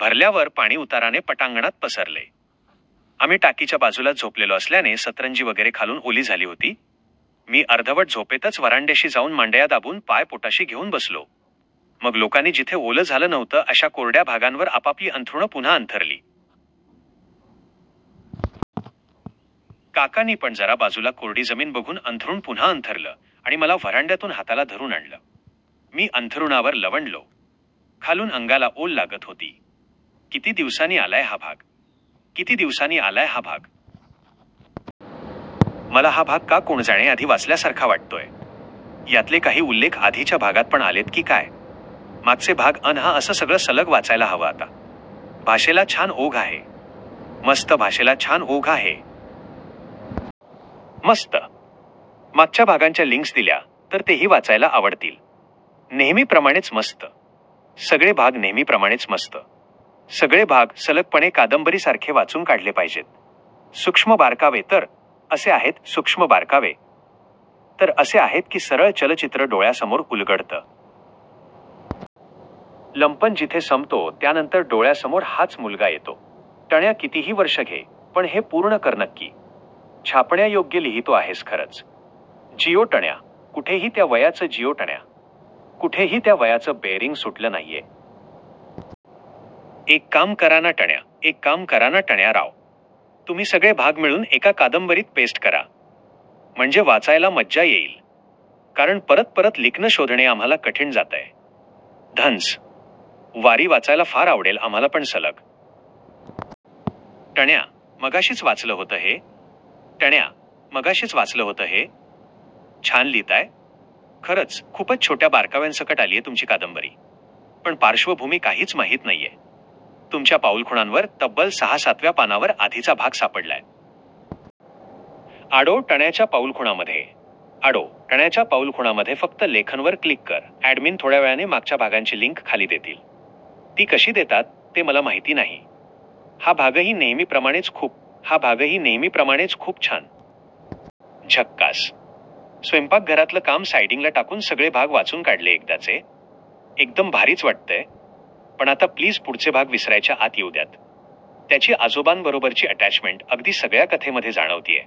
भरल्यावर पाणी उताराने पटांगणात पसरले. आम्ही टाकीच्या बाजूलाच झोपलेलो असल्याने सतरंजी वगैरे खालून ओली झाली होती. मी अर्धवट झोपेतच व्हरांड्याशी जाउन मांडया दाबून, पाय पोटाशी घेउन बसलो. मग लोकांनी जिथे ओलं झालं नव्हतं अश्या कोरड्या भागांवर आपापली अंथरुणं पुन्हा अंथरली. काकांनी पण जरा बाजूला कोरडी जमिन बघून अंथरुण पुन्हा अंथरलं आणि मला व्हरांड्यातून हाताला धरुन आणलं. मी अंथरुणावर लवंडलो. खालून अंगाला ओल लागत होती. किती दिवसांनी आलाय हा भाग. किती दिवसांनी आलाय हा भाग. मला हा भाग का कोण जाणे आधी वाचल्यासारखा वाटतोय. यातले काही उल्लेख आधीच्या भागात पण आलेत की काय? मागचे भाग अन हा असं सगळं सलग वाचायला हवं आता. भाषेला छान ओघ आहे. मस्त भाषेला छान ओघ आहे. मस्त. मागच्या भागांच्या लिंक्स दिल्या तर तेही वाचायला आवडतील. नेहमीप्रमाणेच मस्त. सगळे भाग नेहमीप्रमाणेच मस्त. सगळे भाग सलगपणे कादंबरीसारखे वाचून काढले पाहिजेत. सुक्ष्म बारकावे तर असे आहेत सुक्ष्म बारकावे तर असे आहेत की सरळ चलचित्र डोळ्यासमोर उलगडतं. लंपन जिथे संपतो त्यानंतर डोळ्यासमोर हाच मुलगा येतो. टण्या कितीही वर्ष घे, पण हे पूर्ण कर नक्की. छापण्यायोग्य लिहीतो आहेस खरंच. जियो टण्या. कुठेही त्या वयाचं जियो टण्या. कुठेही त्या वयाचं बेअरिंग सुटलं नाहीये. एक काम करा ना टण्या एक काम करा ना टण्या राव. तुम्ही सगळे भाग मिळुन एका कादंबरीत पेस्ट करा. म्हणजे वाचायला मज्जा येइल. कारण परत परत लिक्न शोधणे आम्हाला कठीण जातय. धन्स. वारी वाचायला फार आवडेल आम्हाला पण सलग. टण्या, मगाशीच वाचलं होतं हे. टण्या, मगाशीच वाचलं होतं हे. छान लिहीताय. खरंच खूपच छोट्या बारकाव्यांसकट आलीये तुमची कादंबरी. पण पार्श्वभूमी काहीच माहित नाहीये. तुमच्या पाऊलखुणांवर तब्बल सहा सातव्या पानावर आधीचा भाग सापडलाय. आडो, टण्याच्या पाऊलखुणामध्ये आडो, टण्याच्या पाऊलखुणामध्ये फक्त लेखन वर क्लिक कर अॅडमिन थोड्यावेळाने मागच्या भागांची लिंक खाली देतील. ती कशी देतात ते मला माहिती नाही. हा भागही नेहमीप्रमाणेच खूप हा भागही नेहमीप्रमाणेच खूप छान. झक्कास. स्वैंपाकघरातलं काम साईडिंगला टाकून सगळे भाग वाचून काढले एकदाचे. एकदम भारीच वाटतंय. पण आता प्लीज पुढचे भाग विसरायच्या आत येऊ द्यात. त्याची आजोबांबरोबरची अटॅचमेंट अगदी सगळ्या कथेमध्ये जाणवतेय.